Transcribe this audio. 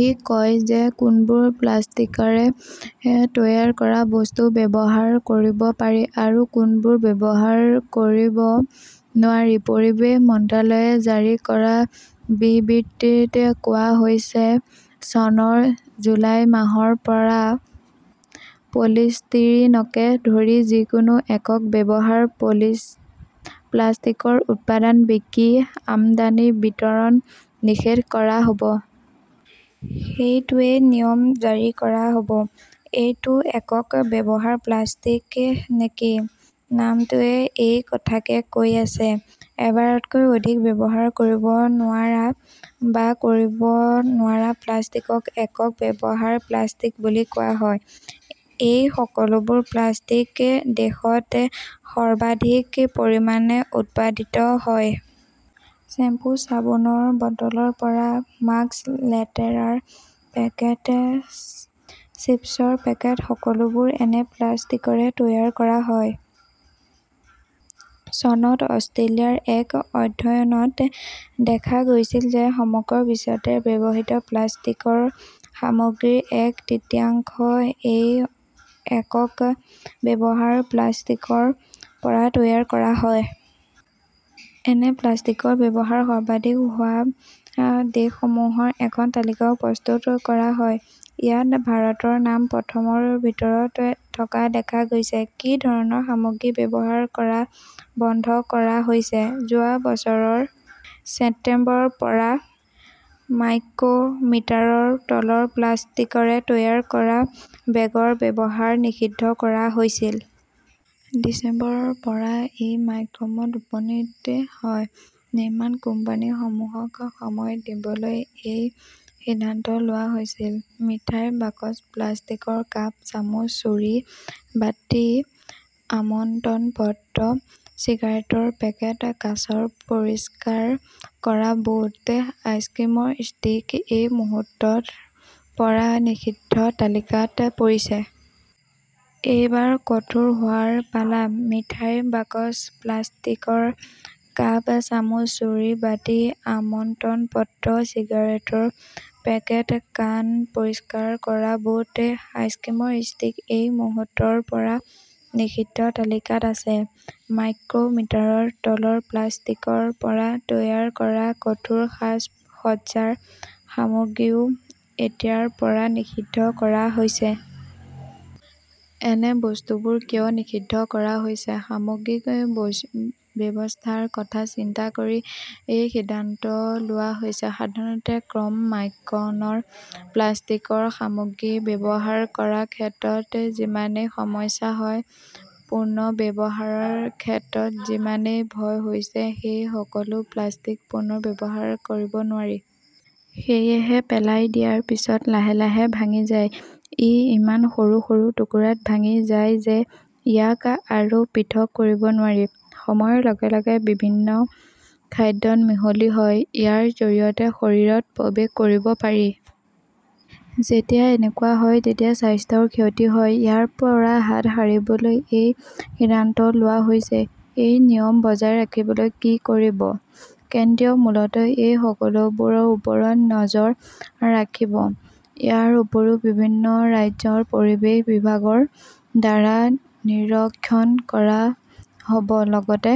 ই কয় যে কোনবোৰ প্লাষ্টিকৰে তৈয়াৰ কৰা বস্তু ব্যৱহাৰ কৰিব পাৰি আৰু কোনবোৰ ব্যৱহাৰ কৰিব নোৱাৰি। পৰিৱেশ মন্ত্ৰালয়ে জাৰি কৰা বিবৃতিত কোৱা হৈছে, " চনৰ জুলাই মাহৰ পৰা পলিষ্টিৰিনকে ধৰি যিকোনো একক ব্যৱহাৰৰ প্লাষ্টিকৰ উৎপাদন, বিক্ৰী, আমদানি, বিতৰণ নিষিদ্ধ কৰা হ" ব। "সেইটোৱেই নিয়ম জাৰি কৰা হ" ব। এইটো 'একক ব্যৱহাৰৰ প্লাষ্টিক "নেকি? নামটোৱে এই কথা কৈ আছে। এবাৰতকৈ অধিক ব্যৱহাৰ কৰিব নোৱাৰা বা কৰিব নোৱাৰা প্লাষ্টিকক 'একক ব্যৱহাৰৰ প্লাষ্টিক "বুলি কোৱা হয়। এই সকলোবোৰ প্লাষ্টিক দেশত সৰ্বাধিক পৰিমাণে উৎপাদিত হয়। শ্বেম্পু, চাবোনৰ বটলৰ পৰা মাস্ক, লেতেৰাৰ পেকেট, চিপছৰ পেকেট-সকলোবোৰ এনে প্লাষ্টিকৰে তৈয়াৰ কৰা হয়। চনত অষ্ট্ৰেলিয়াৰ এক অধ্যয়নত দেখা গৈছিল যে সমগ্ৰ বিশ্বতে ব্যৱহৃত প্লাষ্টিকৰ সামগ্ৰীৰ এক তৃতীয়াংশ এই 'একক ব্যৱহাৰৰ প্লাষ্টিক "ৰ পৰা তৈয়াৰ কৰা হয়। এনে প্লাষ্টিকৰ ব্যৱহাৰ সৰ্বাধিক হোৱা দেশসমূহৰ এখন তালিকাও প্ৰস্তুত কৰা হয়। ইয়াত ভাৰতৰ নাম প্ৰথম ৰ ভিতৰত থকা দেখা গৈছে। কি ধৰণৰ সামগ্ৰী ব্যৱহাৰ কৰা বন্ধ কৰা হৈছে? যোৱা বছৰৰ ছেপ্টেম্বৰৰ পৰা মাইক্ৰ "মিটাৰৰ তলৰ প্লাষ্টিকৰে তৈয়াৰ কৰা বেগৰ ব্যৱহাৰ নিষিদ্ধ কৰা হৈছিল। ডিচেম্বৰৰ পৰা ই মাইক্ৰনত উপনীত হয়। নিৰ্মাণ কোম্পানীসমূহক সময় দিবলৈ এই সিদ্ধান্ত লোৱা হৈছিল। মিঠাইৰ বাকচ, প্লাষ্টিকৰ কাপ, চামুচ, ছুৰী, বাটি, আমন্ত্ৰণ পত্ৰ, চিগাৰেটৰ পেকেট, কাঁচৰ পৰিষ্কাৰ কৰা বড, আইচক্ৰীমৰ ষ্টিক-এই মুহূৰ্তৰ পৰা নিষিদ্ধ তালিকাত পৰিছে। এইবাৰ কঠোৰ হোৱাৰ পালা। মিঠাইৰ বাকচ, প্লাষ্টিকৰ কাপ, চামুচ, ছুৰী, বাটি, আমন্ত্ৰণ পত্ৰ, চিগাৰেটৰ পেকেট, কাণ পৰিষ্কাৰ কৰা বড, আইচক্ৰীমৰ ষ্টিক-এই মুহূৰ্তৰ পৰা নিষিদ্ধ তালিকাত আছে। মাইক্ৰ "মিটাৰৰ তলৰ প্লাষ্টিকৰ পৰা তৈয়াৰ কৰা কোঠাৰ সাজ-সজ্জাৰ সামগ্ৰীও এতিয়াৰ পৰা নিষিদ্ধ কৰা হৈছে। এনে বস্তুবোৰ কিয় নিষিদ্ধ কৰা হৈছে? সামগ্ৰিক স্বাস্থ্যৰ কথা চিন্তা কৰি এই সিদ্ধান্ত লোৱা হৈছে। সাধাৰণতে কম মাইক্ৰনৰ প্লাষ্টিকৰ সামগ্ৰী ব্যৱহাৰ কৰাৰ ক্ষেত্ৰত যিমানেই সমস্যা হয়, পুনৰ্ব্যৱহাৰৰ ক্ষেত্ৰত সিমানেই ভয় বেছি। এই সকলো প্লাষ্টিক পুনৰ ব্যৱহাৰ কৰিব নোৱাৰি। সেয়েহে পেলাই দিয়াৰ পিছত লাহে লাহে ভাঙি যায়। ই ইমান সৰু সৰু টুকুৰাত ভাঙি যায় যে ইয়াক আৰু পৃথক কৰিব নোৱাৰি। সময়ৰ লগে লগে বিভিন্ন খাদ্যত মিহলি হয়। ইয়াৰ জৰিয়তে শৰীৰত প্ৰৱেশ কৰিব পাৰি। যেতিয়া এনেকুৱা হয় তেতিয়া স্বাস্থ্যৰ ক্ষতি হয়। ইয়াৰ পৰা হাত সাৰিবলৈ এই সিদ্ধান্ত লোৱা হৈছে। এই নিয়ম বজাই ৰাখিবলৈ কি কৰিব? কেন্দ্ৰই মূলতঃ এই সকলোবোৰৰ ওপৰত নজৰ ৰাখিব। ইয়াৰ উপৰিও, বিভিন্ন ৰাজ্যৰ পৰিৱেশ বিভাগৰ দ্বাৰা নিৰীক্ষণ কৰা হ 'ব। লগতে